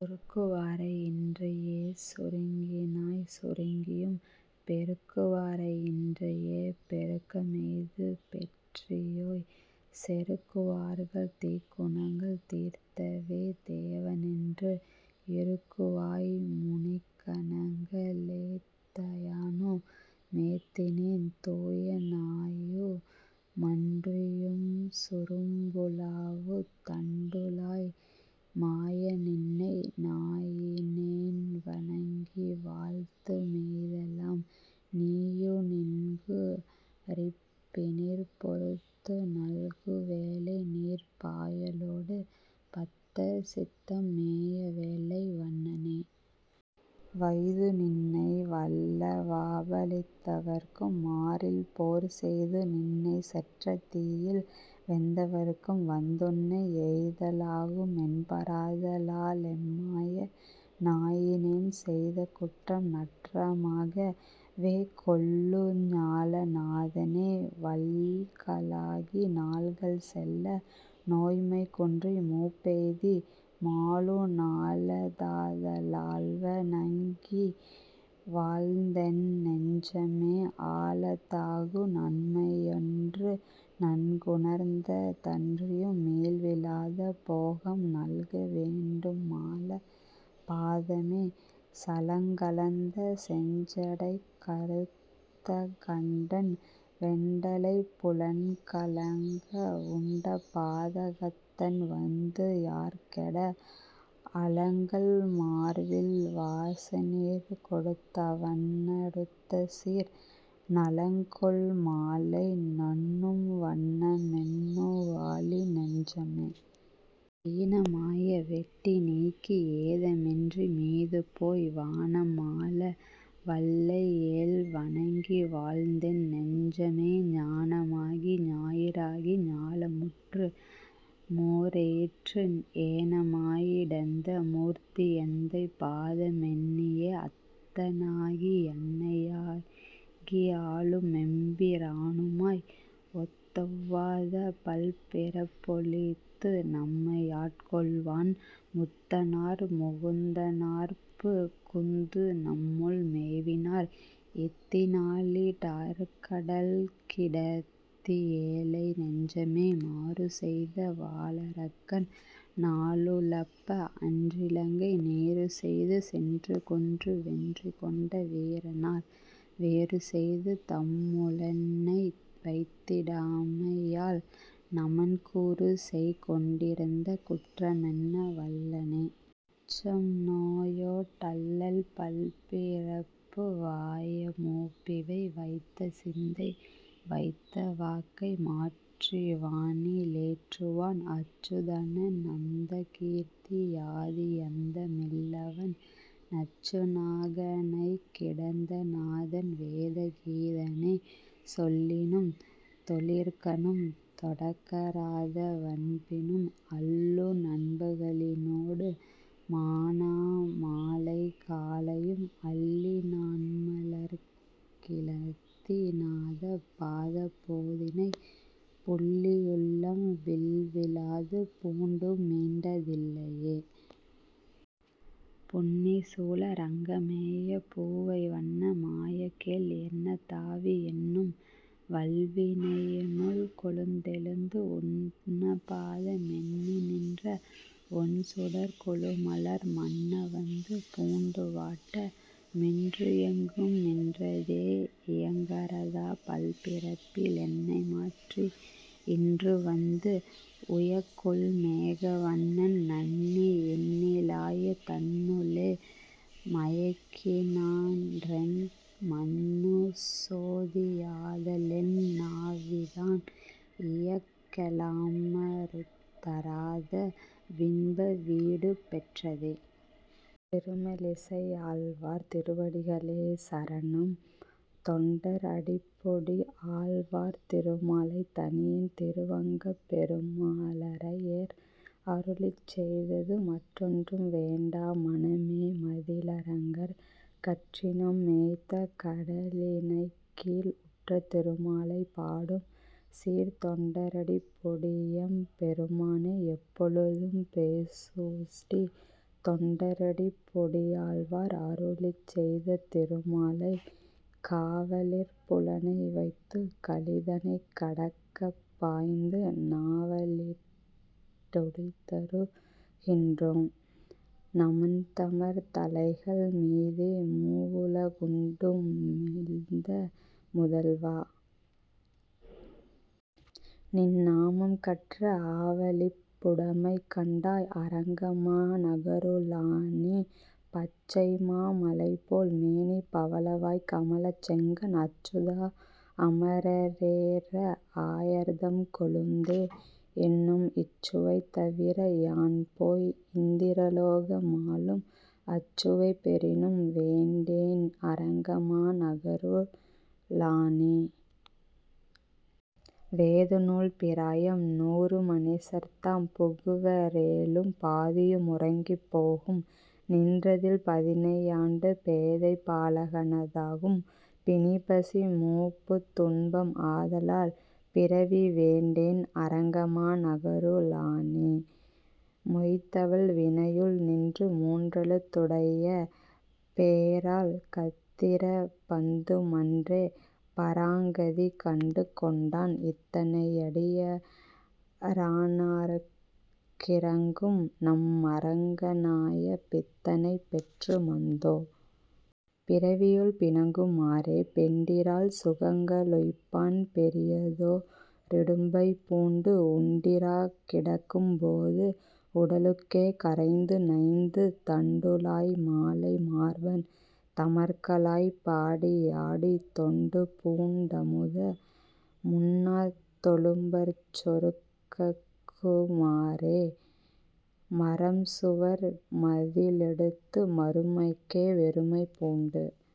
சுருக்குவாரை யின்றியேசு ருங்கினாய்சு ருங்கியும், பெருக்குவாரை யின்றியேபெ ருக்கமெய்து பெற்றியோய்,। செருக்குவார்கள் தீக்குணங்கள் தீர்த்ததேவ தேவனென்று, இருக்குவாய்மு னிக்கணங்க ளேத்தயானு மேத்தினேன். தூயனாயு மன்றியும்சு ரும்புலாவு தண்டுழாய், மாய. நின்னை நாயினேன்வ ணங்கிவாழ்த்து மீதெலாம், நீயுநின்கு றிப்பினிற்பொ றுத்துநல்கு வேலைநீர்ப், பாயலோடு பத்தர்சித்தம் மேயவேலை வண்ணனே. வைதுநின்னை வல்லவாப ழித்தவர்க்கும் மாறில்போர் செய்துநின்னை செற்றதீயில் வெந்தவர்க்கும் வந்துன்னை எய்தலாகு மென்பராத லாலெம்மாய. நாயினேன், செய்தகுற்றம் நற்றமாக வேகொள்ஞால நாதனே. வாள்களாகி நாள்கள்செல்ல நோய்மைகுன்றி மூப்பெய்தி, மாளுநாள தாதலால்வ ணங்கிவாழ்த்தென் நெஞ்சமே, ஆளதாகு நன்மையென்று நன்குணர்ந்த தன்றியும், மீள்விலாத போகம்நல்க வேண்டும்மால பாதமே. சலங்கலந்த செஞ்சடைக்க றுத்தகண்டன் வெண்டலைப் புலன்கலங்க வுண்டபாத கத்தன்வன்து யார்கெட, அலங்கல்மார்வில் வாசநீர்கொ டுத்தவன்ன டுத்தசீர், நலங்கொள்மாலை நண்ணும்வண்ண மெண்ணுவாழி நெஞ்சமே. ஈனமாய வெட்டுநீக்கி யேதமின்றி மீதுபோய், வானமாள வல்லையேல்வ ணங்கிவாழ்த்தென் நெஞ்சமே, ஞானமாகி ஞாயிறாகி ஞாலமுற்று மோரெயிற்று, ஏனமாயி டந்தமூர்த்தி யெந்தைபாத மெண்ணியே. அத்தனாகி யன்னையாகி யாளுமெம்பி ரானுமாய், ஒத்தொவ்வாத பல்பிறப்பொ ழித்துநம்மை யாட்கொள்வான், முத்தனார்மு குந்தனார்பு குந்துநம்முள் மேவினார், எத்தினாலி டார்க்கடல்கி டத்தியேழை நெஞ்சமே. மாறுசெய்த வாளரக்கன் நாளுலப்ப, அன்றிலங்கை நீறுசெய்து சென்றுகொன்று வென்றிகொண்ட வீரனார், வேறுசெய்து தம்முளென்னை வைத்திடாமை யால், நமன் கூறுசெய் கொண்டிறந்த குற்றமெண்ண வல்லனே. அச்சம்நோயொ டல்லல்பல்பி றப்புவாய மூப்பிவை, வைத்தசிந்தை வைத்தவாக்கை மாற்றிவானி லேற்றுவான், அச்சுதன நந்தகீர்த்தி யாதியந்த மில்லவன், நச்சுநாக ணைக்கிடந்த நாதன்வேத கீதனே. சொல்லினும்தொ ழிற்கணும்தொ டக்கறாத வன்பினும், அல்லுநன்ப கலினோடு மானாமாலை காலையும், அல்லிநாண்ம லர்க்கிழத்தி நாத. பாத போதினை, புல்லியுள்ளம் விள்விலாது பூண்டுமீண்ட தில்லையே. பொன்னிசூழ ரங்கமேய பூவைவண்ண. மாய. கேள், என்னதாவி யென்னும்வல்வி னையினுள்கொ ழுந்தெழுந்து, உன்னபாத மென்னிநின்ற வொண்சுடர்க்கொ ழுமலர், மன்னவந்து பூண்டுவாட்ட மின்றுயெங்கும் நின்றதே. இயக்கறாத பல்பிறப்பி லென்னைமாற்றி யின்றுவந்து, உயக்கொள்மேக வண்ணன்நண்ணி யென்னிலாய தன்னுளே, மயக்கினான்றன் மன்னுசோதி யாதலாலென் னாவிதான், இயக்கெலாம றுத்தறாத வின்பவீடு பெற்றதே. திருமழிசையாழ்வார் திருவடிகளே சரணம் தொண்டர் அடிப்பொடி ஆழ்வார் திருமாலை தனியன் திருவங்கப்பெருமாளரையர் அருளிச்செய்தது மற்றொன்றும் வேண்டா மனமே. மதிளரங்கர், கற்றினம் மேய்த்த கழலிணைக்கீழ்,- உற்ற திருமாலை பாடும்சீர்த் தொண்டரடிப்பொடியெம் பெருமானை, எப்பொழுதும் பேசு. ஸ்ரீ தொண்டரடிப்பொடியாழ்வார் அருளிச்செய்த திருமாலை காவலிற் புலனை வைத்துக் கலிதனைக் கடக்கப் பாய்ந்து, நாவலிட் டுழிதரு கின்றோம் நமன்தமர் தலைகள் மீதே, மூவுல குண்டு மிழ்ந்த முதல்வா நின் நாமம் கற்ற, ஆவலிப் புடைமை கண்டாய் அரங்கமா நகரு ளானே. பச்சைமா மலைபோல் மேனி பவளவாய் கமலச் செங்கண் அச்சுதா. அமர ரேறே. ஆயர்தம் கொழுந்தே. என்னும், இச்சுவை தவிர யான்போய் இந்திர லோக மாளும், அச்சுவை பெறினும் வேண்டேன் அரங்கமா நகரு ளானே. வேதநூல் பிராயம் நூறு மனிசர்தாம் புகுவ ரேலும், பாதியு முறங்கிப் போகும் நின்றதில் பதினை யாண்டு, பேதைபா லகன தாகும் பிணிபசி மூப்புத் துன்பம், ஆதலால் பிறவி வேண்டேன் அரங்கமா நகரு ளானே. மொய்த்தவல் வினையுள் நின்று மூன்றெழுத் துடைய பேரால், கத்திர பந்து மன்றே பராங்கதி கண்டு கொண்டான், இத்தனை யடிய ரானார்க் கிரங்கும்நம் மரங்க னாய பித்தனைப் பெற்று மந்தோ. பிறவியுள் பிணங்கு மாறே. பெண்டிரால் சுகங்க ளுய்ப்பான் பெரியதோ ரிடும்பை பூண்டு உண்டிராக் கிடக்கும் போது உடலுக்கே கரைந்து நைந்து, தண்டுழாய் மாலை மார்பன் தமர்களாய்ப் பாடி யாடி, தொண்டுபூண் டமுத முண்ணாத் தொழும்பர்சோ றுகக்கு மாறே. மறம்சுவர் மதிளெ டுத்து மறுமைக்கே வெறுமை பூண்டு,